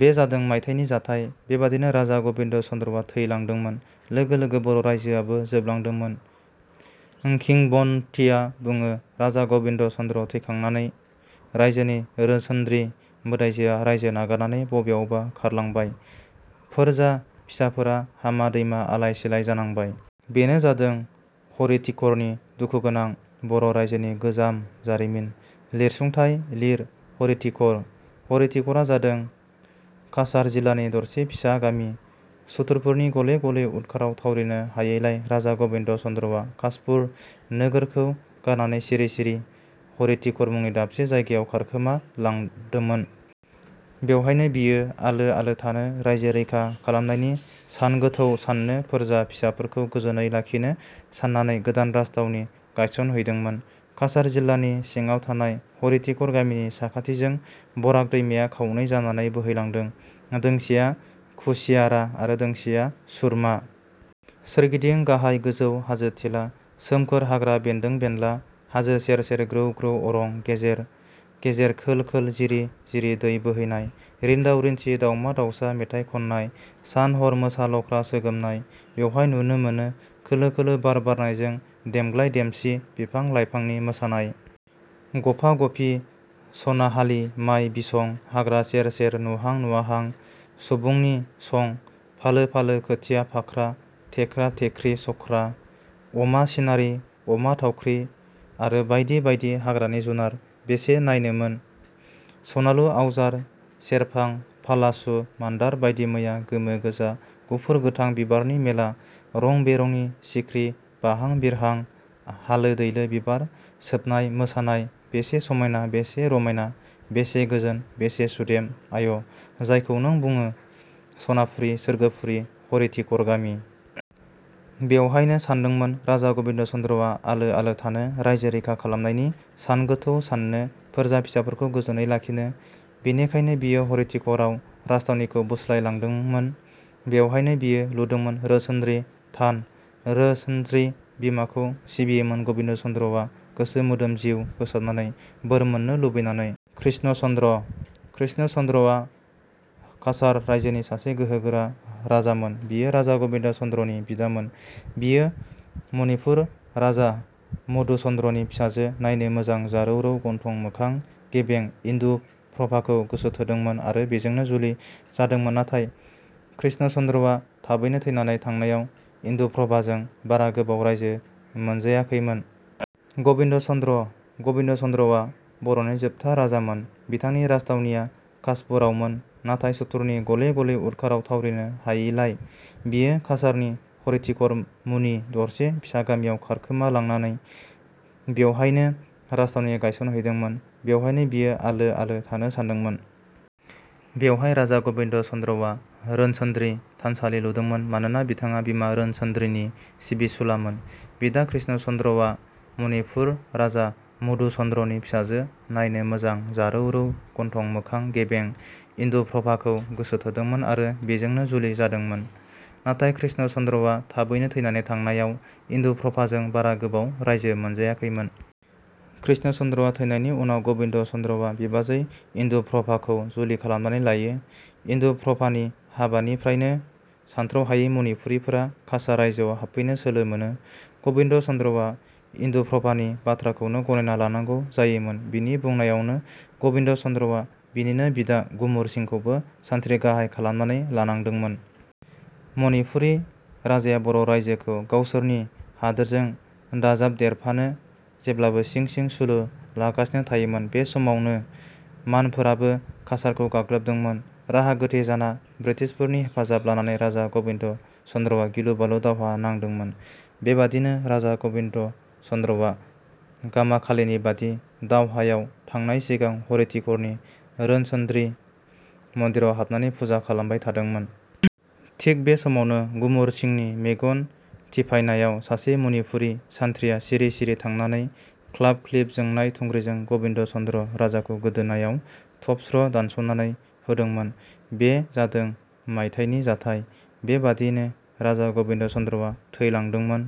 बे जादों मायथाइनि जाथाय। बेबादिनो राजा गबिन्द' चन्द्रआ थैलांदोंमोन। लोगो लोगो बर' रायजोआबो जोबलांदोंमोन। किंबदन्तीया बुङो- राजा गबिन्द' चन्द्रआ थैखांनानै राइजोनि रोनसोन्द्रि मोदायजोआ राइजो नागारनानै बबेयावबा खारलांबाय। फोरजा फिसाफोरा हामा-दैमा आलाइ सिलाइ जानांबाय। बेनो जादों हरिटिकरनि दुखुगोनां बर' राइजोनि गोजाम जारिमिन। लिरसुंथाइ लिर हरिटिकर: "हरिटिकर"आ जादों काछार जिलानि दरसे फिसा गामि। सुथुरफोरनि गले गले उदखाराव थावरिनो हायैलाय राजा गबिन्द' चन्द्रआ खासपुर नोगोरखौ गारनानै सिरि सिरि "हरिटिकर" मुंनि दाबसे जायगायाव खारखोमा लादोमोन। बेयावहायनो बियो आलो आलो थानो, राइजो रैखा खालामनायनि सानगोथौ साननो, फोरजा फिसाफोरखौ गोजोनै लाखिनो सान्नानै गोदान राजथावनि गायसनहैदोंमोन। काछार जिलानि सिङाव थानाय हरिटिकर गामिनि साखाथिजों बराक दैमाया खावनै जानानै बोहैलांदों। दोंसेया कुसियारा आरो दोंसेया सुरमा। सोरगिदिं गाहाय-गोजौ हाजो थिला। सोमखोर हाग्रा बेन्दों-बेनला। हाजो सेर सेर, ग्रौ-ग्रौ अरं गेजेर गेजेर खोल खोल, जिरि जिरि दै बोहैनाय, रिन्दाव- रिनसि दाउमा दाउसा मेथाइ खननाय, सान-हर मोसा-लख्रा सोगोमनाय। बेयावहाय नुनो मोनो खोलो खोलो बार बारनायजों देमग्लाय-देमसि बिफां-लाइफांनि मोसानाय। गफा-गफि सनाहालि माइ बिसं, हाग्रा सेर सेर नुहां नुवाहां सुबुंनि सं। फालो फालो खोथिया फाख्रा, थेख्रा-थेख्रि सख्रा। अमा सिनारि, अमा थावख्रि आरो बायदि बायदि हाग्रानि जुनार बेसे नायनोमोन। सनालु, अवजार, सेरफां, फालासु मान्दार बायदिमैया, गोमो गोजा, गुफुर-गोथां बिबारनि मेला, रं-बेरंनि सिख्रि बाहां-बिरहां हालो-दैलो बिबार सोबनाय मोसानाय बेसे समायना, बेसे रमायना, बेसे गोजोन, बेसे सुदेम आय' जायखौ नों बुङो सनापुरी सोरगोफुरि हरिटिकर गामि। बेयावहायनो सान्दोंमोन राजा गबिन्द' चन्द्रआ आलो आलो थानो, राइजो रैखा खालमनायनि सानगोथौ साननो, फोरजा फिसाफोरखौ गोजोनै लाखिनो। बेनिखायनो बियो हरिटिकर आव राजथावनिखौ बोस्लाय लांदोंमोन। बेयावहायनो बियो लुदोंमोन रोनसोन्द्रि थान। रोनसोन्द्रि बिमाखौ सिबियोमोन गबिन्द' चन्द्रआ गोसो मोदोम जिउ होसारनानै, बोर मोननो लुबैनानै। कृष्ण चन्द्र: कृष्णचन्द्रआ काछार राइजोनि सासे गोहोगोरा राजामोन। बियो राजा गबिन्द' चन्द्रनि बिदामोन। बियो मणिपुर राजा मधुचन्द्रनि फिसाजो नायनो मोजां जारौ-रौ, गन्थं-मोखां गेबें इन्दुप्रभाखौ गोसोथोदोंमोन आरो बेजोंनो जुलि जादोंमोन। नाथाय, कृष्ण चन्द्रआ थाबैनो थैनानै थांनायाव इन्दुप्रभाजों बारा गोबाव राइजो मोनजायाखैमोन। गबिन्द' चन्द्र: गबिन्द' चन्द्रआ बर'नि जोबथा राजामोन। बिथांनि राजथावनिया खासपुरावमोन। नाथाय सुथुरनि गले-गले उदखाराव थावरिनो हायिलाय बियो काछारनि हरिटिकर मुनि दरसे फिसा गामियाव खारखोमालांनानै बियावहायनो राजथावनि गायसनहैदोंमोन। बेयावहायनो बियो आलो आलो थानो सान्दोंमोन। बेवहाय राजा गबिन्द सन्द्रआ रोनसोन्दि थानसालि लुदोंमोन, मानोना बिथाडा बिमा रोनसोन्द्रिनि सिबिसुलामोन। बिदा कृष्ण चन्द्रआ मणिपुर राजा मधुचन्द्रनि फिसाजो नायनो मोजां जारौ-रौ, गन्थं-मोखां गेबें इन्दुप्रभाखौ गोसोथोदोंमोन आरो बेजोंनो जुलि जादोंमोन। नाथाय, कृष्ण चन्द्रआ थाबैनो थैनानै थांनायाव इन्दुप्रभाजों बारा गोबाव राइजो मोनजायाखैमोन। कृष्ण चन्द्रआ थैनायनि उनाव गबिन्द चन्द्रआ बिबाजै इन्दुप्रभाखौ जुलि खालामनानै लायो। इन्दुप्रभानि हाबानिफ्रायनो सानथ्र'हायि मनिपुरिफोरा काछार रायजोआव हाबफैनो सोलो मोनो। गबिन्द चन्द्रआ इन्दुप्रभानि बाथ्राखौनो गनायना लानांगौ जायोमोन। बिनि बुंनायावनो गबिन्द' चन्द्रआ बिनिनो बिदा गुमुर सिंखौबो सानथ्रि गाहाइ खालामनानै लानांदोंमोन। मनिपुरि राजाया बर' रायजोखौ गावसोरनि हादोरजों दाजाबदेरफानो जेब्लाबो सिं सिं सुलु लागासिनो थायोमोन। बे समावनो मानफोराबो काछारखौ गाग्लोबदोंमोन। राहा गोथे जाना बृटिसफोरनि हेफाजाब लानानै राजा गबिन्द' चन्द्रआ गिलु बालु दावहा नांदोंमोन। बेबादिनो राजा गबिन्द चन्द्रआ गामाखालिनिबादि दावहायाव थांनाय सिगां हरिटिकरनि रोनसोन्द्रि मन्दिराव हाबनानै फुजा खालामबाय थादोंमोन। थिग बे समावनो गुमुर सिंनि मेगन थिफायनायाव सासे मनिपुरि सान्थ्रिया सिरि-सिरि थांनानै ख्लाब-ख्लिब जोंनाय थुग्रिजों गबिन्द' चन्द्र राजाखौ गोदोनायाव थबस्र' दानस'नानै होदोंमोन। बे जादों मायथाइनि जाथाय। बेबादिनो राजा गबिन्द' चन्द्रआ थैलांदोंमोन।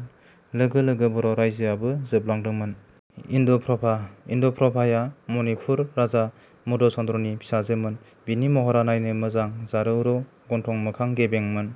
लोगो लोगो बर' रायजोआबो जोबलांदोंमोन। इन्दुप्रभा: इन्दुप्रभाया मणिपुर राजा मधुचन्द्रनि फिसाजोमोन। बिनि महरा नायनो मोजां जारौ-रौ, गन्थं- मोखां गेबेंमोन।